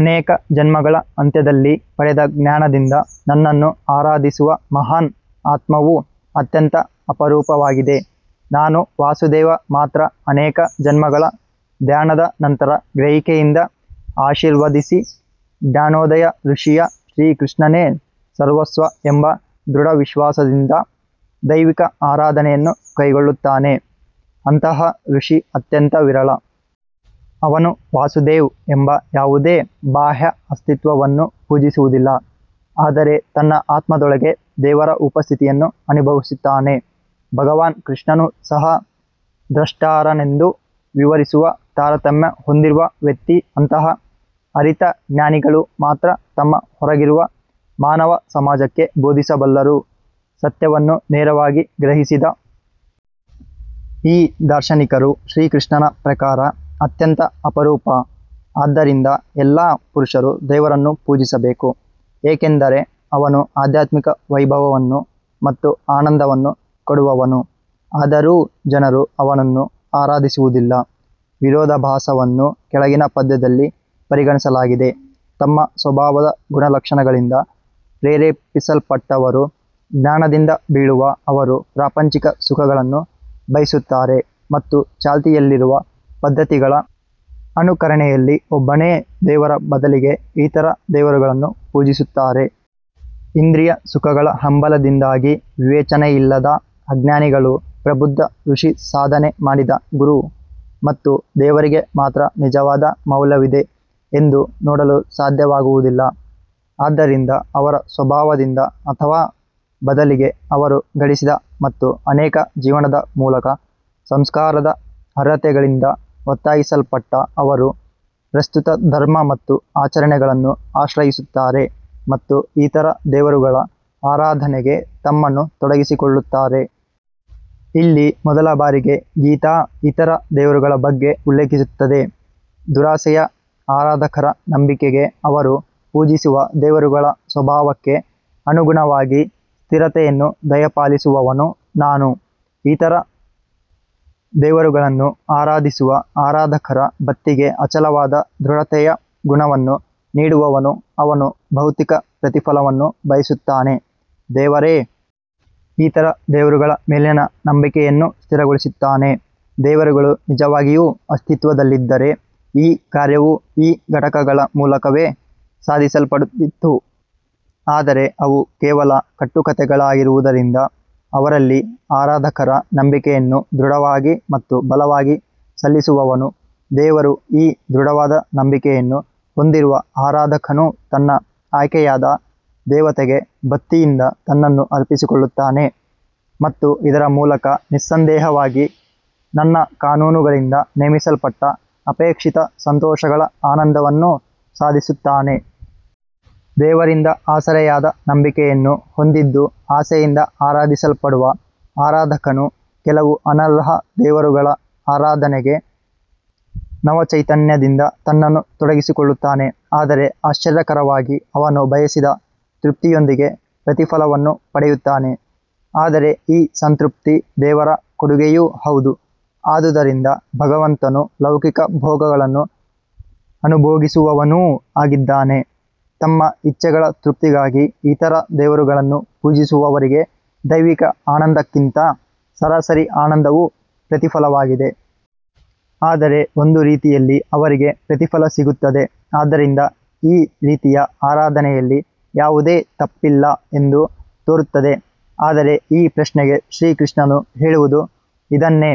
ಅನೇಕ ಜನ್ಮಗಳ ಅಂತ್ಯದಲ್ಲಿ ಪಡೆದ ಜ್ಞಾನದಿಂದ ನನ್ನನ್ನು ಆರಾಧಿಸುವ ಮಹಾನ್ ಆತ್ಮವು ಅತ್ಯಂತ ಅಪರೂಪವಾಗಿದೆ ನಾನು ವಾಸುದೇವ ಮಾತ್ರ ಅನೇಕ ಜನ್ಮಗಳ ಧ್ಯಾನದ ನಂತರ ಗ್ರಹಿಕೆಯಿಂದ ಆಶೀರ್ವದಿಸಿದ ಜ್ಞಾನೋದಯ ಋಷಿಯು ಶ್ರೀಕೃಷ್ಣನೇ ಸರ್ವಸ್ವ ಎಂಬ ದೃಢವಿಶ್ವಾಸದಿಂದ ದೈವಿಕ ಆರಾಧನೆಯನ್ನು ಕೈಗೊಳ್ಳುತ್ತಾನೆ. ಅಂತಹ ಋಷಿ ಅತ್ಯಂತ ವಿರಳ ಅವನು ವಾಸುದೇವ್ ಎಂಬ ಯಾವುದೇ ಬಾಹ್ಯ ಅಸ್ತಿತ್ವವನ್ನು ಪೂಜಿಸುವುದಿಲ್ಲ ಆದರೆ ತನ್ನ ಆತ್ಮದೊಳಗೆ ದೇವರ ಉಪಸ್ಥಿತಿಯನ್ನು ಅನುಭವಿಸುತ್ತಾನೆ ಭಗವಾನ್ ಕೃಷ್ಣನು ಸಹ ದ್ರಷ್ಟಾರನೆಂದು ವಿವರಿಸುವ ತಾರತಮ್ಯ ಹೊಂದಿರುವ ವ್ಯಕ್ತಿ ಅಂತಹ ಅರಿತ ಜ್ಞಾನಿಗಳು ಮಾತ್ರ ತಮ್ಮ ಹೊರಗಿರುವ ಮಾನವ ಸಮಾಜಕ್ಕೆ ಬೋಧಿಸಬಲ್ಲರು ಸತ್ಯವನ್ನು ನೇರವಾಗಿ ಗ್ರಹಿಸಿದ ಈ ದಾರ್ಶನಿಕರು ಶ್ರೀಕೃಷ್ಣನ ಪ್ರಕಾರ ಅತ್ಯಂತ ಅಪರೂಪ ಆದ್ದರಿಂದ ಎಲ್ಲಾ ಪುರುಷರು ದೇವರನ್ನು ಪೂಜಿಸಬೇಕು ಏಕೆಂದರೆ ಅವನು ಆಧ್ಯಾತ್ಮಿಕ ವೈಭವವನ್ನು ಮತ್ತು ಆನಂದವನ್ನು ಕೊಡುವವನು ಆದರೂ ಜನರು ಅವನನ್ನು ಆರಾಧಿಸುವುದಿಲ್ಲ ವಿರೋಧಾಭಾಸವನ್ನು ಕೆಳಗಿನ ಪದ್ಯದಲ್ಲಿ ಪರಿಗಣಿಸಲಾಗಿದೆ ತಮ್ಮ ಸ್ವಭಾವದ ಗುಣಲಕ್ಷಣಗಳಿಂದ ಪ್ರೇರೇಪಿಸಲ್ಪಟ್ಟವರು ಜ್ಞಾನದಿಂದ ಬೀಳುವ ಅವರು ಪ್ರಾಪಂಚಿಕ ಸುಖಗಳನ್ನು ಬಯಸುತ್ತಾರೆ ಮತ್ತು ಚಾಲ್ತಿಯಲ್ಲಿರುವ ಪದ್ಧತಿಗಳ ಅನುಕರಣೆಯಲ್ಲಿ ಒಬ್ಬನೇ ದೇವರ ಬದಲಿಗೆ ಇತರ ದೇವರುಗಳನ್ನು ಪೂಜಿಸುತ್ತಾರೆ. ಇಂದ್ರಿಯ ಸುಖಗಳ ಹಂಬಲದಿಂದಾಗಿ ವಿವೇಚನೆಯಿಲ್ಲದ ಅಜ್ಞಾನಿಗಳು ಪ್ರಬುದ್ಧ ಋಷಿ ಸಾಧನೆ ಮಾಡಿದ ಗುರು ಮತ್ತು ದೇವರಿಗೆ ಮಾತ್ರ ನಿಜವಾದ ಮೌಲ್ಯವಿದೆ ಎಂದು ನೋಡಲು ಸಾಧ್ಯವಾಗುವುದಿಲ್ಲ. ಆದ್ದರಿಂದ ಅವರ ಸ್ವಭಾವದಿಂದ ಅಥವಾ ಬದಲಿಗೆ ಅವರು ಗಳಿಸಿದ ಮತ್ತು ಅನೇಕ ಜೀವನಗಳ ಮೂಲಕ ಸಂಸ್ಕಾರದ ಅರ್ಹತೆಗಳಿಂದ ಒತ್ತಾಯಿಸಲ್ಪಟ್ಟ ಅವರು ಪ್ರಸ್ತುತ ಧರ್ಮ ಮತ್ತು ಆಚರಣೆಗಳನ್ನು ಆಶ್ರಯಿಸುತ್ತಾರೆ ಮತ್ತು ಇತರ ದೇವರುಗಳ ಆರಾಧನೆಗೆ ತಮ್ಮನ್ನು ತೊಡಗಿಸಿಕೊಳ್ಳುತ್ತಾರೆ. ಇಲ್ಲಿ ಮೊದಲ ಬಾರಿಗೆ ಗೀತಾ ಇತರ ದೇವರುಗಳ ಬಗ್ಗೆ ಉಲ್ಲೇಖಿಸುತ್ತದೆ ದುರಾಸೆಯ ಆರಾಧಕರ ನಂಬಿಕೆಗೆ ಅವರು ಪೂಜಿಸುವ ದೇವರುಗಳ ಸ್ವಭಾವಕ್ಕೆ ಅನುಗುಣವಾಗಿ ಸ್ಥಿರತೆಯನ್ನು ದಯಪಾಲಿಸುವವನು ನಾನು. ಇತರ ದೇವರುಗಳನ್ನು ಆರಾಧಿಸುವ ಆರಾಧಕರ ಭಕ್ತಿಗೆ ಅಚಲವಾದ ದೃಢತೆಯ ಗುಣವನ್ನು ನೀಡುವವನು ಅವನು ಭೌತಿಕ ಪ್ರತಿಫಲವನ್ನು ಬಯಸುತ್ತಾನೆ. ದೇವರೇ ಇತರ ದೇವರುಗಳ ಮೇಲಿನ ನಂಬಿಕೆಯನ್ನು ಸ್ಥಿರಗೊಳಿಸುತ್ತಾನೆ ದೇವರುಗಳು ನಿಜವಾಗಿಯೂ ಅಸ್ತಿತ್ವದಲ್ಲಿದ್ದರೆ ಈ ಕಾರ್ಯವು ಈ ಘಟಕಗಳ ಮೂಲಕವೇ ಸಾಧಿಸಲ್ಪಡುತ್ತಿತ್ತು ಆದರೆ ಅವು ಕೇವಲ ಕಟ್ಟುಕಥೆಗಳಾಗಿರುವುದರಿಂದ ಅವರಲ್ಲಿ ಆರಾಧಕರ ನಂಬಿಕೆಯನ್ನು ದೃಢವಾಗಿ ಮತ್ತು ಬಲವಾಗಿ ಸಲ್ಲಿಸುವವನು ದೇವರು ಈ ದೃಢವಾದ ನಂಬಿಕೆಯನ್ನು ಹೊಂದಿರುವ ಆರಾಧಕನು ತನ್ನ ಆಯ್ಕೆಯಾದ ದೇವತೆಗೆ ಭಕ್ತಿಯಿಂದ ತನ್ನನ್ನು ಅರ್ಪಿಸಿಕೊಳ್ಳುತ್ತಾನೆ ಮತ್ತು ಇದರ ಮೂಲಕ ನಿಸ್ಸಂದೇಹವಾಗಿ ನನ್ನ ಕಾನೂನುಗಳಿಂದ ನೇಮಿಸಲ್ಪಟ್ಟ ಅಪೇಕ್ಷಿತ ಸಂತೋಷಗಳ ಆನಂದವನ್ನು ಸಾಧಿಸುತ್ತಾನೆ. ದೇವರಿಂದ ಆಸರೆಯಾದ ನಂಬಿಕೆಯನ್ನು ಹೊಂದಿದ್ದು ಆಸೆಯಿಂದ ಆರಾಧಿಸಲ್ಪಡುವ ಆರಾಧಕನು ಕೆಲವು ಅನರ್ಹ ದೇವರುಗಳ ಆರಾಧನೆಗೆ ನವಚೈತನ್ಯದಿಂದ ತನ್ನನ್ನು ತೊಡಗಿಸಿಕೊಳ್ಳುತ್ತಾನೆ ಆದರೆ ಆಶ್ಚರ್ಯಕರವಾಗಿ ಅವನು ಬಯಸಿದ ತೃಪ್ತಿಯೊಂದಿಗೆ ಪ್ರತಿಫಲವನ್ನು ಪಡೆಯುತ್ತಾನೆ. ಆದರೆ ಈ ಸಂತೃಪ್ತಿ ದೇವರ ಕೊಡುಗೆಯೂ ಹೌದು ಆದುದರಿಂದ ಭಗವಂತನು ಲೌಕಿಕ ಭೋಗಗಳನ್ನು ಅನುಭೋಗಿಸುವವನೂ ಆಗಿದ್ದಾನೆ ತಮ್ಮ ಇಚ್ಛೆಗಳ ತೃಪ್ತಿಗಾಗಿ ಇತರ ದೇವರುಗಳನ್ನು ಪೂಜಿಸುವವರಿಗೆ ದೈವಿಕ ಆನಂದಕ್ಕಿಂತ ಸರಾಸರಿ ಆನಂದವು ಪ್ರತಿಫಲವಾಗಿದೆ. ಆದರೆ ಒಂದು ರೀತಿಯಲ್ಲಿ ಅವರಿಗೆ ಪ್ರತಿಫಲ ಸಿಗುತ್ತದೆ ಆದ್ದರಿಂದ ಈ ರೀತಿಯ ಆರಾಧನೆಯಲ್ಲಿ ಯಾವುದೇ ತಪ್ಪಿಲ್ಲ ಎಂದು ತೋರುತ್ತದೆ ಆದರೆ ಈ ಪ್ರಶ್ನೆಗೆ ಶ್ರೀಕೃಷ್ಣನು ಹೇಳುವುದು ಇದನ್ನೇ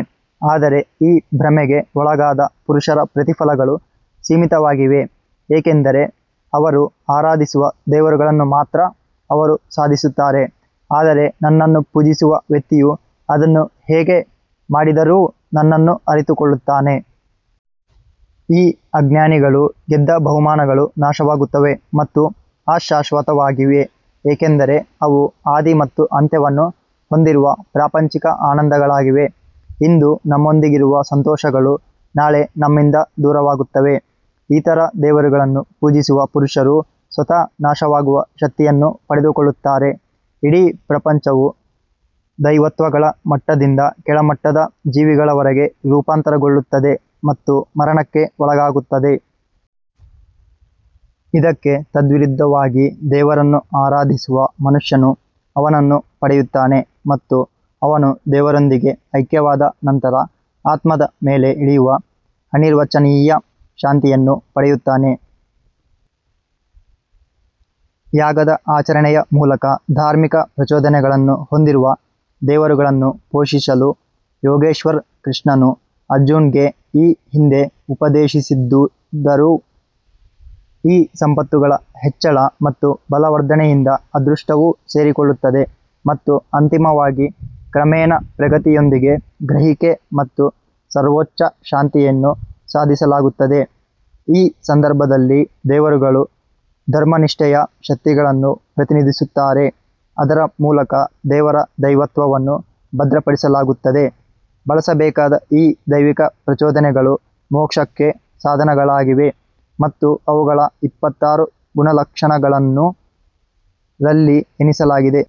ಆದರೆ ಈ ಭ್ರಮೆಗೆ ಒಳಗಾದ ಪುರುಷರ ಪ್ರತಿಫಲಗಳು ಸೀಮಿತವಾಗಿವೆ ಏಕೆಂದರೆ ಅವರು ಆರಾಧಿಸುವ ದೇವರುಗಳನ್ನು ಮಾತ್ರ ಅವರು ಸಾಧಿಸುತ್ತಾರೆ ಆದರೆ ನನ್ನನ್ನು ಪೂಜಿಸುವ ವ್ಯಕ್ತಿಯು ಅದನ್ನು ಹೇಗೆ ಮಾಡಿದರೂ ನನ್ನನ್ನು ಅರಿತುಕೊಳ್ಳುತ್ತಾನೆ. ಈ ಅಜ್ಞಾನಿಗಳು ಗೆದ್ದ ಬಹುಮಾನಗಳು ನಾಶವಾಗುತ್ತವೆ ಅವು ಅಶಾಶ್ವತವಾಗಿವೆ ಏಕೆಂದರೆ ಅವು ಆದಿ ಮತ್ತು ಅಂತ್ಯವನ್ನು ಹೊಂದಿರುವ ಪ್ರಾಪಂಚಿಕ ಆನಂದಗಳಾಗಿವೆ ಇಂದು ನಮ್ಮೊಂದಿಗಿರುವ ಸಂತೋಷಗಳು ನಾಳೆ ನಮ್ಮಿಂದ ದೂರವಾಗುತ್ತವೆ ಇತರ ದೇವರುಗಳನ್ನು ಪೂಜಿಸುವ ಪುರುಷರು ಸ್ವತಃ ನಾಶವಾಗುವ ಶಕ್ತಿಯನ್ನು ಪಡೆದುಕೊಳ್ಳುತ್ತಾರೆ ಇಡೀ ಪ್ರಪಂಚವು ದೈವತ್ವಗಳ ಮಟ್ಟದಿಂದ ಕೆಳಮಟ್ಟದ ಜೀವಿಗಳವರೆಗೆ ರೂಪಾಂತರಗೊಳ್ಳುತ್ತದೆ ಮತ್ತು ಮರಣಕ್ಕೆ ಒಳಗಾಗುತ್ತದೆ. ಇದಕ್ಕೆ ತದ್ವಿರುದ್ಧವಾಗಿ ದೇವರನ್ನು ಆರಾಧಿಸುವ ಮನುಷ್ಯನು ಅವನನ್ನು ಪಡೆಯುತ್ತಾನೆ ಮತ್ತು ಅವನು ದೇವರೊಂದಿಗೆ ಐಕ್ಯವಾದ ನಂತರ ಆತ್ಮದ ಮೇಲೆ ಇಳಿಯುವ ಅನಿರ್ವಚನೀಯ ಶಾಂತಿಯನ್ನು ಪಡೆಯುತ್ತಾನೆ. ಯಾಗದ ಆಚರಣೆಯ ಮೂಲಕ ಧಾರ್ಮಿಕ ಪ್ರಚೋದನೆಗಳನ್ನು ಹೊಂದಿರುವ ದೇವರುಗಳನ್ನು ಪೋಷಿಸಲು ಯೋಗೇಶ್ವರ್ ಕೃಷ್ಣನು ಅರ್ಜುನ್ಗೆ ಈ ಹಿಂದೆ ಉಪದೇಶಿಸಿದ್ದರು. ಈ ಸಂಪತ್ತುಗಳ ಹೆಚ್ಚಳ ಮತ್ತು ಬಲವರ್ಧನೆಯಿಂದ ಅದೃಷ್ಟವು ಸೇರಿಕೊಳ್ಳುತ್ತದೆ ಮತ್ತು ಅಂತಿಮವಾಗಿ ಕ್ರಮೇಣ ಪ್ರಗತಿಯೊಂದಿಗೆ ಗ್ರಹಿಕೆ ಮತ್ತು ಸರ್ವೋಚ್ಚ ಶಾಂತಿಯನ್ನು ಸಾಧಿಸಲಾಗುತ್ತದೆ ಈ ಸಂದರ್ಭದಲ್ಲಿ ದೇವರುಗಳು ಧರ್ಮನಿಷ್ಠೆಯ ಶಕ್ತಿಗಳನ್ನು ಪ್ರತಿನಿಧಿಸುತ್ತಾರೆ ಅದರ ಮೂಲಕ ದೇವರ ದೈವತ್ವವನ್ನು ಭದ್ರಪಡಿಸಲಾಗುತ್ತದೆ ಬೆಳೆಸಬೇಕಾದ ಈ ದೈವಿಕ ಪ್ರಚೋದನೆಗಳು ಮೋಕ್ಷಕ್ಕೆ ಸಾಧನಗಳಾಗಿವೆ ಮತ್ತು ಅವುಗಳ ಇಪ್ಪತ್ತಾರು ಗುಣಲಕ್ಷಣಗಳನ್ನು ರಲ್ಲಿ ಎಣಿಸಲಾಗಿದೆ.